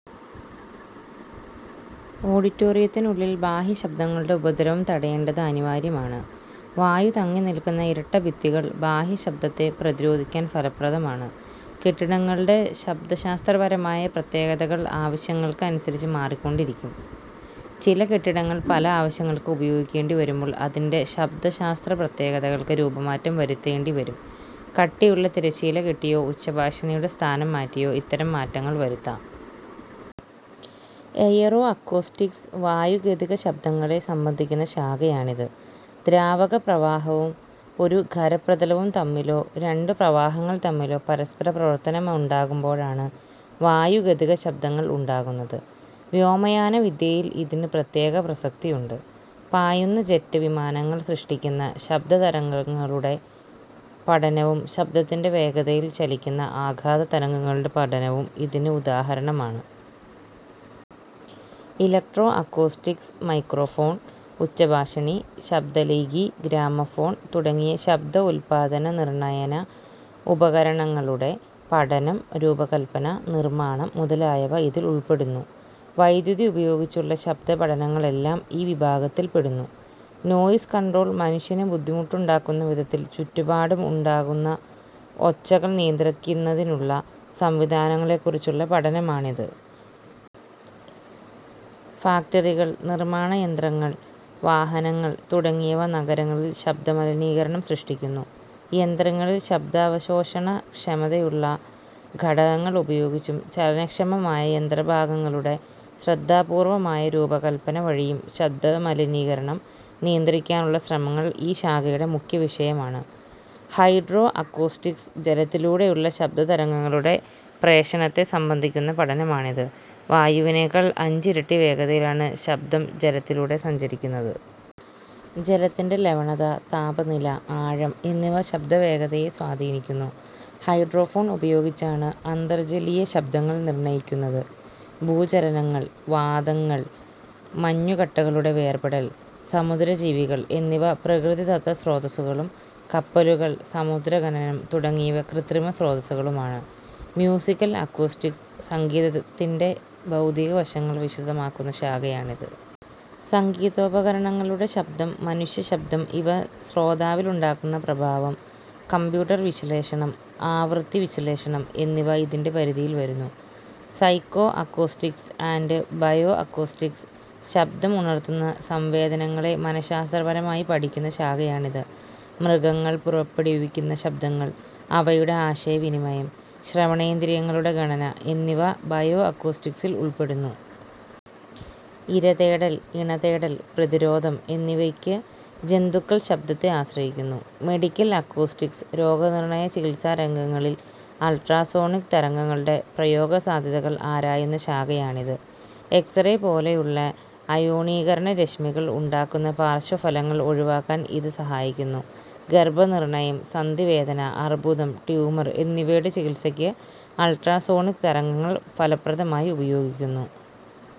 ഓഡിറ്റോറിയത്തിനുള്ളിൽ ബാഹ്യശബ്ദങ്ങളുടെ ഉപദ്രവം തടയേണ്ടത് അനിവാര്യമാണ്. വായു തങ്ങിനിൽക്കുന്ന ഇരട്ട ഭിത്തികൾ ബാഹ്യശബ്ദത്തെ പ്രതിരോധിക്കാൻ ഫലപ്രദമാണ്. കെട്ടിടങ്ങളുടെ ശബ്ദശാസ്ത്രപരമായ പ്രത്യേകതകൾ ആവശ്യങ്ങൾക്ക് അനുസരിച്ച് മാറിക്കൊണ്ടിരിക്കും. ചില കെട്ടിടങ്ങൾ പല ആവശ്യങ്ങൾക്ക് ഉപയോഗിക്കേണ്ടിവരുമ്പോൾ അതിൻ്റെ ശബ്ദശാസ്ത്ര പ്രത്യേകതകൾക്ക് രൂപമാറ്റം വരുത്തേണ്ടിവരും. കട്ടിയുള്ള തിരശ്ശീല കെട്ടിയോ ഉച്ചഭാഷിണിയുടെ സ്ഥാനം മാറ്റിയോ ഇത്തരം മാറ്റങ്ങൾ വരുത്താം. എയറോഅക്കോസ്റ്റിക്സ് വായുഗതിക ശബ്ദങ്ങളെ സംബന്ധിക്കുന്ന ശാഖയാണിത്. ദ്രാവക പ്രവാഹവും ഒരു ഖര പ്രതലവും തമ്മിലോ രണ്ടു പ്രവാഹങ്ങൾ തമ്മിലോ പരസ്പര പ്രവർത്തനമുണ്ടാകുമ്പോഴാണ് വായുഗതിക ശബ്ദങ്ങൾ ഉണ്ടാകുന്നത്. വ്യോമയാന വിദ്യയിൽ ഇതിന് പ്രത്യേക പ്രസക്തിയുണ്ട്. പായുന്ന ജെറ്റ് വിമാനങ്ങൾ സൃഷ്ടിക്കുന്ന ശബ്ദതരംഗങ്ങളുടെ പഠനവും ശബ്ദത്തിൻ്റെ വേഗതയിൽ ചലിക്കുന്ന ആഘാത തരംഗങ്ങളുടെ പഠനവും ഇതിന് ഉദാഹരണമാണ്. ഇലക്ട്രോ അക്കോസ്റ്റിക്സ് മൈക്രോഫോൺ, ഉച്ചഭാഷിണി, ശബ്ദലേഖി, ഗ്രാമഫോൺ തുടങ്ങിയ ശബ്ദ ഉൽപ്പാദന നിർണ്ണയന ഉപകരണങ്ങളുടെ പഠനം, രൂപകൽപ്പന, നിർമ്മാണം മുതലായവ ഇതിൽ ഉൾപ്പെടുന്നു. വൈദ്യുതി ഉപയോഗിച്ചുള്ള ശബ്ദപഠനങ്ങളെല്ലാം ഈ വിഭാഗത്തിൽപ്പെടുന്നു. നോയിസ് കൺട്രോൾ മനുഷ്യന് ബുദ്ധിമുട്ടുണ്ടാക്കുന്ന വിധത്തിൽ ചുറ്റുപാടും ഉണ്ടാകുന്ന ഒച്ചകൾ നിയന്ത്രിക്കുന്നതിനുള്ള സംവിധാനങ്ങളെക്കുറിച്ചുള്ള പഠനമാണിത്. ഫാക്ടറികൾ, നിർമ്മാണ യന്ത്രങ്ങൾ, വാഹനങ്ങൾ തുടങ്ങിയവ നഗരങ്ങളിൽ ശബ്ദമലിനീകരണം സൃഷ്ടിക്കുന്നു. യന്ത്രങ്ങളിൽ ശബ്ദാവശോഷണ ക്ഷമതയുള്ള ഘടകങ്ങൾ ഉപയോഗിച്ചും ചലനക്ഷമമായ യന്ത്രഭാഗങ്ങളുടെ ശ്രദ്ധാപൂർവ്വമായ രൂപകൽപ്പന വഴിയും ശബ്ദമലിനീകരണം നിയന്ത്രിക്കാനുള്ള ശ്രമങ്ങൾ ഈ ശാഖയുടെ മുഖ്യ വിഷയമാണ്. ഹൈഡ്രോ അക്കോസ്റ്റിക്സ് ജലത്തിലൂടെയുള്ള ശബ്ദതരംഗങ്ങളുടെ പ്രേഷണത്തെ സംബന്ധിക്കുന്ന പഠനമാണിത്. വായുവിനേക്കാൾ അഞ്ചിരട്ടി വേഗതയിലാണ് ശബ്ദം ജലത്തിലൂടെ സഞ്ചരിക്കുന്നത്. ജലത്തിൻ്റെ ലവണത, താപനില, ആഴം എന്നിവ ശബ്ദവേഗതയെ സ്വാധീനിക്കുന്നു. ഹൈഡ്രോഫോൺ ഉപയോഗിച്ചാണ് അന്തർജലീയ ശബ്ദങ്ങൾ നിർണ്ണയിക്കുന്നത്. ഭൂചലനങ്ങൾ, വാതങ്ങൾ, മഞ്ഞുകട്ടകളുടെ വേർപെടൽ, സമുദ്രജീവികൾ എന്നിവ പ്രകൃതിദത്ത സ്രോതസ്സുകളും കപ്പലുകൾ, സമുദ്ര ഖനനം തുടങ്ങിയവ കൃത്രിമ സ്രോതസ്സുകളുമാണ്. മ്യൂസിക്കൽ അക്കോസ്റ്റിക്സ് സംഗീതത്തിൻ്റെ ഭൗതിക വശങ്ങൾ വിശദമാക്കുന്ന ശാഖയാണിത്. സംഗീതോപകരണങ്ങളുടെ ശബ്ദം, മനുഷ്യശബ്ദം ഇവ ശ്രോതാവിലുണ്ടാക്കുന്ന പ്രഭാവം, കമ്പ്യൂട്ടർ വിശ്ലേഷണം, ആവൃത്തി വിശ്ലേഷണം എന്നിവ ഇതിൻ്റെ പരിധിയിൽ വരുന്നു. Psycho acoustics and bio acoustics ശബ്ദം ഉണർത്തുന്ന സംവേദനങ്ങളെ മനഃശാസ്ത്രപരമായി പഠിക്കുന്ന ശാഖയാണിത്. മൃഗങ്ങൾ പുറപ്പെടുവിക്കുന്ന ശബ്ദങ്ങൾ, അവയുടെ ആശയവിനിമയം, ശ്രവണേന്ദ്രിയങ്ങളുടെ ഘടന എന്നിവ ബയോ അക്കോസ്റ്റിക്സിൽ ഉൾപ്പെടുന്നു. ഇരതേടൽ, ഇണതേടൽ, പ്രതിരോധം എന്നിവയ്ക്ക് ജന്തുക്കൾ ശബ്ദത്തെ ആശ്രയിക്കുന്നു. മെഡിക്കൽ അക്കോസ്റ്റിക്സ് രോഗനിർണ്ണയ-ചികിത്സാരംഗങ്ങളിൽ അൾട്രാസോണിക് തരംഗങ്ങളുടെ പ്രയോഗസാധ്യതകൾ ആരായുന്ന ശാഖയാണിത്. എക്സ്-റേ പോലെയുള്ള അയോണീകരണ രശ്മികൾ ഉണ്ടാക്കുന്ന പാർശ്വഫലങ്ങൾ ഒഴിവാക്കാൻ ഇത് സഹായിക്കുന്നു. ഗർഭനിർണ്ണയം, സന്ധിവേദന, അർബുദം, ട്യൂമർ എന്നിവയുടെ ചികിത്സയ്ക്ക് അൾട്രാസോണിക് തരംഗങ്ങൾ ഫലപ്രദമായി ഉപയോഗിക്കുന്നു.